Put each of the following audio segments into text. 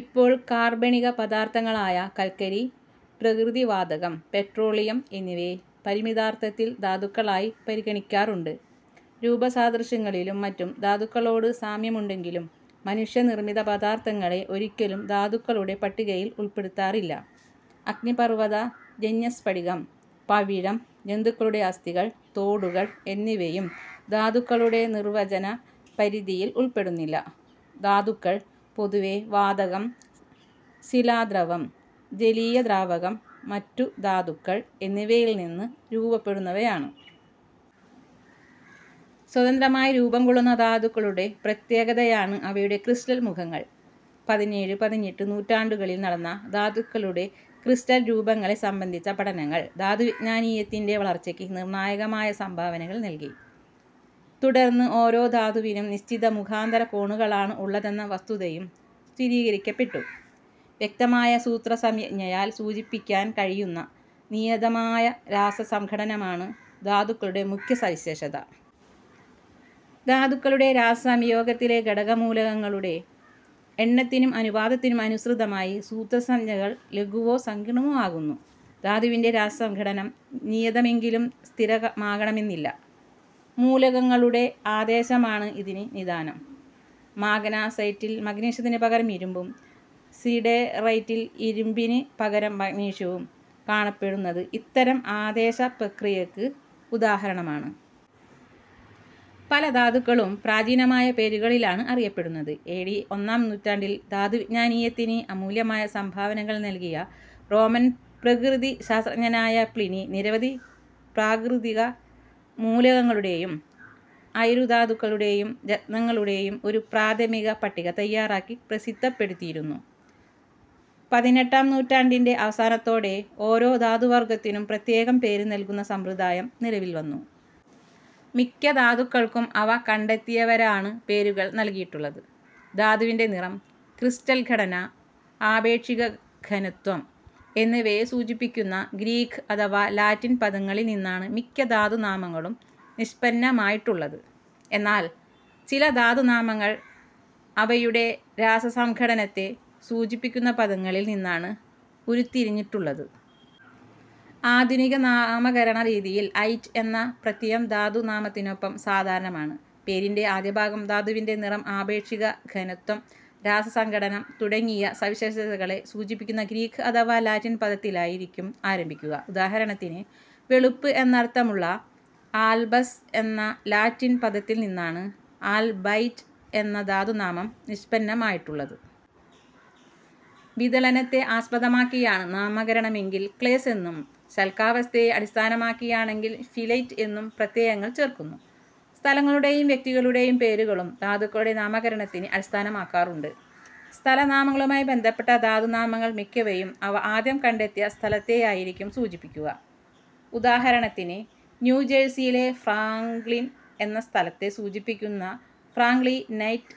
ഇപ്പോൾ കാർബണിക പദാർത്ഥങ്ങളായ കൽക്കരി, പ്രകൃതിവാതകം, പെട്രോളിയം എന്നിവയെ പരിമിതാർത്ഥത്തിൽ ധാതുക്കളായി പരിഗണിക്കാറുണ്ട്. രൂപസാദൃശ്യങ്ങളിലും മറ്റും ധാതുക്കളോട് സാമ്യമുണ്ടെങ്കിലും മനുഷ്യ നിർമ്മിത പദാർത്ഥങ്ങളെ ഒരിക്കലും ധാതുക്കളുടെ പട്ടികയിൽ ഉൾപ്പെടുത്താറില്ല. അഗ്നിപർവ്വതജന്യ സ്ഫടികം, പവിഴം, ജന്തുക്കളുടെ അസ്ഥികൾ, തോടുകൾ എന്നിവയും ധാതുക്കളുടെ നിർവചന പരിധിയിൽ ഉൾപ്പെടുന്നില്ല. ധാതുക്കൾ പൊതുവേ വാതകം, ശിലാദ്രവം, ജലീയ ദ്രാവകം, മറ്റു ധാതുക്കൾ എന്നിവയിൽ നിന്ന് രൂപപ്പെടുന്നവയാണ്. സ്വതന്ത്രമായി രൂപംകൊള്ളുന്ന ധാതുക്കളുടെ പ്രത്യേകതയാണ് അവയുടെ ക്രിസ്റ്റൽ മുഖങ്ങൾ. പതിനേഴ്, പതിനെട്ട് നൂറ്റാണ്ടുകളിൽ നടന്ന ധാതുക്കളുടെ ക്രിസ്റ്റൽ രൂപങ്ങളെ സംബന്ധിച്ച പഠനങ്ങൾ ധാതുവിജ്ഞാനീയത്തിൻ്റെ വളർച്ചയ്ക്ക് നിർണായകമായ സംഭാവനകൾ നൽകി. തുടർന്ന് ഓരോ ധാതുവിനും നിശ്ചിത മുഖാന്തര കോണുകളാണ് ഉള്ളതെന്ന വസ്തുതയും സ്ഥിരീകരിക്കപ്പെട്ടു. വ്യക്തമായ സൂത്രസംജ്ഞയാൽ സൂചിപ്പിക്കാൻ കഴിയുന്ന നിയതമായ രാസസംഘടനമാണ് ധാതുക്കളുടെ മുഖ്യ സവിശേഷത. ധാതുക്കളുടെ രാസ സംയോഗത്തിലെ ഘടക മൂലകങ്ങളുടെ എണ്ണത്തിനും അനുപാതത്തിനും അനുസൃതമായി സൂത്രസംജ്ഞകൾ ലഘുവോ സങ്കീർണ്ണമോ ആകുന്നു. ധാതുവിൻ്റെ രാസസംഘടനം നിയതമെങ്കിലും സ്ഥിരമാകണമെന്നില്ല. മൂലകങ്ങളുടെ ആദേശമാണ് ഇതിന് നിദാനം. മാഗ്നസൈറ്റിൽ മഗ്നീഷ്യത്തിന് പകരം ഇരുമ്പും, സിഡെറൈറ്റിൽ ഇരുമ്പിന് പകരം മഗ്നീഷ്യവും കാണപ്പെടുന്നത് ഇത്തരം ആദേശ പ്രക്രിയയ്ക്ക് ഉദാഹരണമാണ്. പല ധാതുക്കളും പ്രാചീനമായ പേരുകളിലാണ് അറിയപ്പെടുന്നത്. എ. ഡി. ഒന്നാം നൂറ്റാണ്ടിൽ ധാതുവിജ്ഞാനീയത്തിന് അമൂല്യമായ സംഭാവനകൾ നൽകിയ റോമൻ പ്രകൃതി ശാസ്ത്രജ്ഞനായ പ്ലിനി നിരവധി പ്രാകൃതിക മൂലകങ്ങളുടെയും അയിരു ധാതുക്കളുടെയും രത്നങ്ങളുടെയും ഒരു പ്രാഥമിക പട്ടിക തയ്യാറാക്കി പ്രസിദ്ധപ്പെടുത്തിയിരുന്നു. പതിനെട്ടാം നൂറ്റാണ്ടിൻ്റെ അവസാനത്തോടെ ഓരോ ധാതുവർഗ്ഗത്തിനും പ്രത്യേകം പേര് നൽകുന്ന സമ്പ്രദായം നിലവിൽവന്നു. മിക്ക ധാതുക്കൾക്കും അവ കണ്ടെത്തിയവരാണ് പേരുകൾ നൽകിയിട്ടുള്ളത്. ധാതുവിൻ്റെ നിറം, ക്രിസ്റ്റൽ ഘടന, ആപേക്ഷിക ഘനത്വം എന്നിവയെ സൂചിപ്പിക്കുന്ന ഗ്രീക്ക് അഥവാ ലാറ്റിൻ പദങ്ങളിൽ നിന്നാണ് മിക്ക ധാതു നാമങ്ങളും നിഷ്പന്നമായിട്ടുള്ളത്. എന്നാൽ ചില ധാതു നാമങ്ങൾ അവയുടെ രാസസംഘടനത്തെ സൂചിപ്പിക്കുന്ന പദങ്ങളിൽ നിന്നാണ് ഉരുത്തിരിഞ്ഞിട്ടുള്ളത്. ആധുനിക നാമകരണ രീതിയിൽ 'ഐറ്റ്' എന്ന പ്രത്യയം ധാതു നാമത്തിനൊപ്പം സാധാരണമാണ്. പേരിൻ്റെ ആദ്യഭാഗം ധാതുവിൻ്റെ നിറം, ആപേക്ഷിക ഘനത്വം, രാസസംഘടനം തുടങ്ങിയ സവിശേഷതകളെ സൂചിപ്പിക്കുന്ന ഗ്രീക്ക് അഥവാ ലാറ്റിൻ പദത്തിലായിരിക്കും ആരംഭിക്കുക. ഉദാഹരണത്തിന്, വെളുപ്പ് എന്നർത്ഥമുള്ള 'ആൽബസ്' എന്ന ലാറ്റിൻ പദത്തിൽ നിന്നാണ് 'അൽബൈറ്റ്' എന്ന ധാതു നാമം നിഷ്പന്നമായിട്ടുള്ളത്. വിദളനത്തെ ആസ്പദമാക്കിയാണ് നാമകരണമെങ്കിൽ 'ക്ലേസ്' എന്നും, ശല്കാവസ്ഥയെ അടിസ്ഥാനമാക്കിയാണെങ്കിൽ 'ഫിലൈറ്റ്' എന്നും പ്രത്യയങ്ങൾ ചേർക്കുന്നു. സ്ഥലങ്ങളുടെയും വ്യക്തികളുടെയും പേരുകളും ധാതുക്കളുടെ നാമകരണത്തിന് അടിസ്ഥാനമാക്കാറുണ്ട്. സ്ഥല നാമങ്ങളുമായി ബന്ധപ്പെട്ട ധാതു നാമങ്ങൾ മിക്കവയും അവ ആദ്യം കണ്ടെത്തിയ സ്ഥലത്തെയായിരിക്കും സൂചിപ്പിക്കുക. ഉദാഹരണത്തിന്, ന്യൂജേഴ്സിയിലെ ഫ്രാങ്ക്‌ളിൻ എന്ന സ്ഥലത്തെ സൂചിപ്പിക്കുന്ന ഫ്രാങ്ക്‌ളിനൈറ്റ്,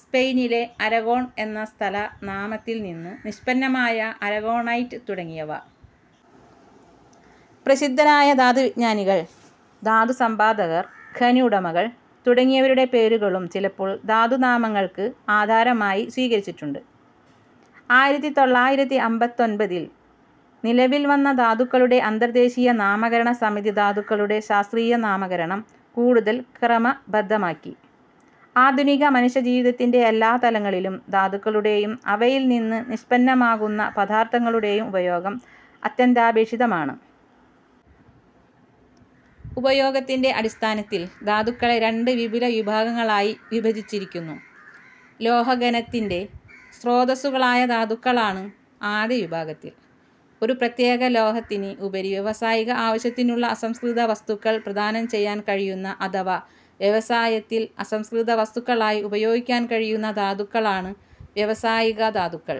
സ്പെയിനിലെ അരഗൊൺ എന്ന സ്ഥല നാമത്തിൽ നിന്ന് നിഷ്പന്നമായ അരഗൊണൈറ്റ് തുടങ്ങിയവ. പ്രസിദ്ധരായ ധാതുവിജ്ഞാനികൾ, ധാതു സമ്പാദകർ, ഖനി ഉടമകൾ തുടങ്ങിയവരുടെ പേരുകളും ചിലപ്പോൾ ധാതു നാമങ്ങൾക്ക് ആധാരമായി സ്വീകരിച്ചിട്ടുണ്ട്. ആയിരത്തി തൊള്ളായിരത്തി അമ്പത്തൊൻപതിൽ നിലവിൽ വന്ന ധാതുക്കളുടെ അന്തർദേശീയ നാമകരണ സമിതി ധാതുക്കളുടെ ശാസ്ത്രീയ നാമകരണം കൂടുതൽ ക്രമബദ്ധമാക്കി. ആധുനിക മനുഷ്യജീവിതത്തിൻ്റെ എല്ലാ തലങ്ങളിലും ധാതുക്കളുടെയും അവയിൽ നിന്ന് നിഷ്പന്നമാകുന്ന പദാർത്ഥങ്ങളുടെയും ഉപയോഗം അത്യന്താപേക്ഷിതമാണ്. ഉപയോഗത്തിൻ്റെ അടിസ്ഥാനത്തിൽ ധാതുക്കളെ രണ്ട് വിപുല വിഭാഗങ്ങളായി വിഭജിച്ചിരിക്കുന്നു. ലോഹഖനത്തിൻ്റെ സ്രോതസ്സുകളായ ധാതുക്കളാണ് ആദ്യ വിഭാഗത്തിൽ. ഒരു പ്രത്യേക ലോഹത്തിന് ഉപരി വ്യാവസായിക ആവശ്യത്തിനുള്ള അസംസ്കൃത വസ്തുക്കൾ പ്രദാനം ചെയ്യാൻ കഴിയുന്ന, അഥവാ വ്യവസായത്തിൽ അസംസ്കൃത വസ്തുക്കളായി ഉപയോഗിക്കാൻ കഴിയുന്ന ധാതുക്കളാണ് വ്യാവസായിക ധാതുക്കൾ.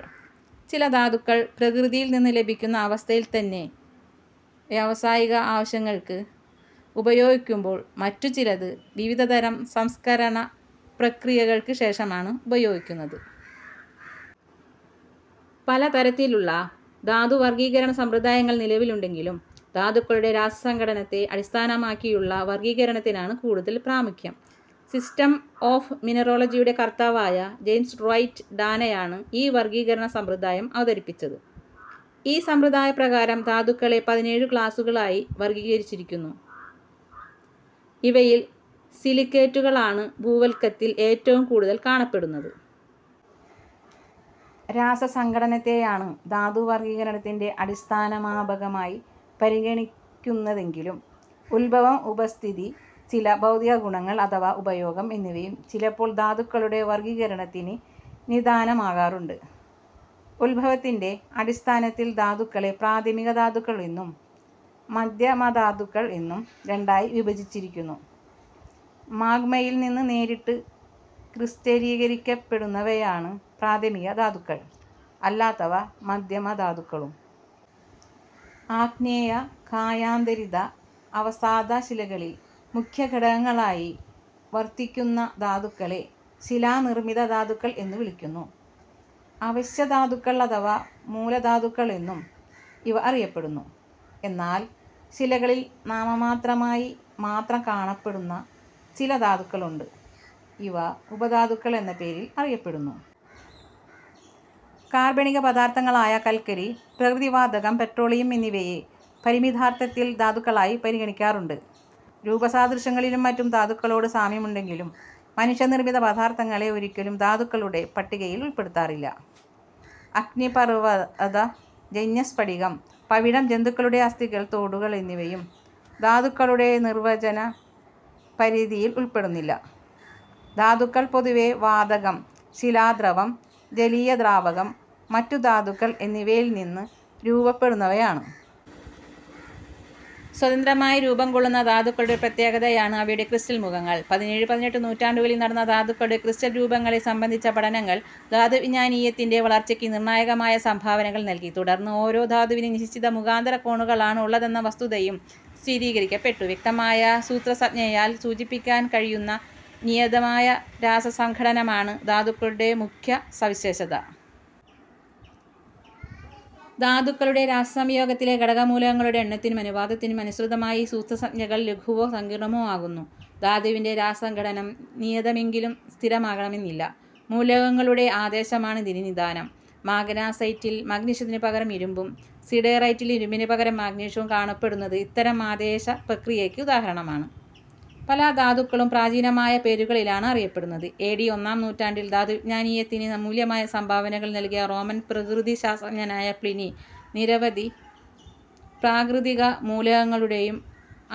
ചില ധാതുക്കൾ പ്രകൃതിയിൽ നിന്ന് ലഭിക്കുന്ന അവസ്ഥയിൽത്തന്നെ വ്യാവസായിക ആവശ്യങ്ങൾക്ക് ഉപയോഗിക്കുമ്പോൾ, മറ്റു ചിലത് വിവിധതരം സംസ്കരണ പ്രക്രിയകൾക്ക് ശേഷമാണ് ഉപയോഗിക്കുന്നത്. പല തരത്തിലുള്ള ധാതു വർഗ്ഗീകരണ സമ്പ്രദായങ്ങൾ നിലവിലുണ്ടെങ്കിലും ധാതുക്കളുടെ രാസ സംഘടനത്തെ അടിസ്ഥാനമാക്കിയുള്ള വർഗ്ഗീകരണത്തിനാണ് കൂടുതൽ പ്രാമുഖ്യം. സിസ്റ്റം ഓഫ് മിനറോളജിയുടെ കർത്താവായ ജെയിംസ് ഡ്വൈറ്റ് ഡാനയാണ് ഈ വർഗ്ഗീകരണ സമ്പ്രദായം അവതരിപ്പിച്ചത്. ഈ സമ്പ്രദായപ്രകാരം ധാതുക്കളെ പതിനേഴ് ക്ലാസുകളായി വർഗ്ഗീകരിച്ചിരിക്കുന്നു. ഇവയിൽ സിലിക്കേറ്റുകളാണ് ഭൂവൽക്കത്തിൽ ഏറ്റവും കൂടുതൽ കാണപ്പെടുന്നത്. രാസസംഘടനത്തെയാണ് ധാതു വർഗ്ഗീകരണത്തിൻ്റെ അടിസ്ഥാന മാപകമായി പരിഗണിക്കുന്നതെങ്കിലും ഉദ്ഭവം, ഉപസ്ഥിതി, ചില ഭൗതിക ഗുണങ്ങൾ അഥവാ ഉപയോഗം എന്നിവയും ചിലപ്പോൾ ധാതുക്കളുടെ വർഗ്ഗീകരണത്തിന് നിദാനമാകാറുണ്ട്. ഉദ്ഭവത്തിൻ്റെ അടിസ്ഥാനത്തിൽ ധാതുക്കളെ പ്രാഥമിക ധാതുക്കൾ എന്നും മധ്യ മധാതുക്കൾ എന്നും രണ്ടായി വിഭജിച്ചിരിക്കുന്നു. മാഗ്മയിൽ നിന്ന് നേരിട്ട് ക്രിസ്റ്റലീകരിക്കപ്പെടുന്നവയാണ് പ്രാഥമിക ധാതുക്കൾ, അല്ലാത്തവ മധ്യ മധാതുക്കളും. ആഗ്നേയ, കായാന്തരിത, അവസാദ ശിലകളിൽ മുഖ്യ ഘടകങ്ങളായി വർത്തിക്കുന്ന ധാതുക്കളെ ശിലാനിർമ്മിത ധാതുക്കൾ എന്ന് വിളിക്കുന്നു. അവശ്യ ധാതുക്കൾ അഥവാ മൂല ധാതുക്കൾ എന്നും ഇവ അറിയപ്പെടുന്നു. എന്നാൽ ശിലകളിൽ നാമമാത്രമായി മാത്രം കാണപ്പെടുന്ന ചില ധാതുക്കളുണ്ട്. ഇവ ഉപ ധാതുക്കൾ എന്ന പേരിൽ അറിയപ്പെടുന്നു. കാർബണിക പദാർത്ഥങ്ങളായ കൽക്കരി, പ്രകൃതിവാതകം, പെട്രോളിയം എന്നിവയെ പരിമിതാർത്ഥത്തിൽ ധാതുക്കളായി പരിഗണിക്കാറുണ്ട്. രൂപസാദൃശ്യങ്ങളിലും മറ്റും ധാതുക്കളോട് സാമ്യമുണ്ടെങ്കിലും മനുഷ്യ നിർമ്മിത പദാർത്ഥങ്ങളെ ഒരിക്കലും ധാതുക്കളുടെ പട്ടികയിൽ ഉൾപ്പെടുത്താറില്ല. അഗ്നിപർവ്വതജന്യ സ്ഫടികം, പവിഴം, ജന്തുക്കളുടെ അസ്ഥികൾ, തോടുകൾ എന്നിവയും ധാതുക്കളുടെ നിർവചന പരിധിയിൽ ഉൾപ്പെടുന്നില്ല. ധാതുക്കൾ പൊതുവേ വാതകം, ശിലാദ്രവം, ജലീയ ദ്രാവകം, മറ്റു ധാതുക്കൾ എന്നിവയിൽ നിന്ന് രൂപപ്പെടുന്നവയാണ്. സ്വതന്ത്രമായി രൂപംകൊള്ളുന്ന ധാതുക്കളുടെ പ്രത്യേകതയാണ് അവയുടെ ക്രിസ്റ്റൽ മുഖങ്ങൾ. പതിനേഴ്, പതിനെട്ട് നൂറ്റാണ്ടുകളിൽ നടന്ന ധാതുക്കളുടെ ക്രിസ്റ്റൽ രൂപങ്ങളെ സംബന്ധിച്ച പഠനങ്ങൾ ധാതുവിജ്ഞാനീയത്തിൻ്റെ വളർച്ചയ്ക്ക് നിർണായകമായ സംഭാവനകൾ നൽകി. തുടർന്ന് ഓരോ ധാതുവിനും നിശ്ചിത മുഖാന്തര കോണുകളാണ് ഉള്ളതെന്ന വസ്തുതയും സ്ഥിരീകരിക്കപ്പെട്ടു. വ്യക്തമായ സൂത്രസംജ്ഞയാൽ സൂചിപ്പിക്കാൻ കഴിയുന്ന നിയതമായ രാസസംഘടനമാണ് ധാതുക്കളുടെ മുഖ്യ സവിശേഷത. ധാതുക്കളുടെ രാസ സംയോഗത്തിലെ ഘടക മൂലകങ്ങളുടെ എണ്ണത്തിനും അനുപാതത്തിനും അനുസൃതമായി സൂത്രസംജ്ഞകൾ ലഘുവോ സങ്കീർണ്ണമോ ആകുന്നു. ധാതുവിൻ്റെ രാസസംഘടനം നിയതമെങ്കിലും സ്ഥിരമാകണമെന്നില്ല. മൂലകങ്ങളുടെ ആദേശമാണ് ഇതിന് നിദാനം. മാഗ്നസൈറ്റിൽ മഗ്നീഷ്യത്തിന് പകരം ഇരുമ്പും, സിഡെറൈറ്റിൽ ഇരുമ്പിന് പകരം മഗ്നീഷ്യവും കാണപ്പെടുന്നത് ഇത്തരം ആദേശ പ്രക്രിയയ്ക്ക് ഉദാഹരണമാണ്. പല ധാതുക്കളും പ്രാചീനമായ പേരുകളിലാണ് അറിയപ്പെടുന്നത്. എ. ഡി. ഒന്നാം നൂറ്റാണ്ടിൽ ധാതുവിജ്ഞാനീയത്തിന് അമൂല്യമായ സംഭാവനകൾ നൽകിയ റോമൻ പ്രകൃതി ശാസ്ത്രജ്ഞനായ പ്ലിനി നിരവധി പ്രാകൃതിക മൂലകങ്ങളുടെയും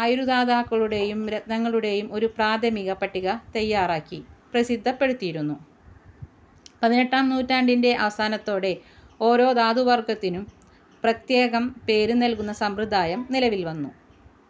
അയിരു ധാതാക്കളുടെയും രത്നങ്ങളുടെയും ഒരു പ്രാഥമിക പട്ടിക തയ്യാറാക്കി പ്രസിദ്ധപ്പെടുത്തിയിരുന്നു. പതിനെട്ടാം നൂറ്റാണ്ടിൻ്റെ അവസാനത്തോടെ ഓരോ ധാതുവർഗ്ഗത്തിനും പ്രത്യേകം പേര് നൽകുന്ന സമ്പ്രദായം നിലവിൽവന്നു.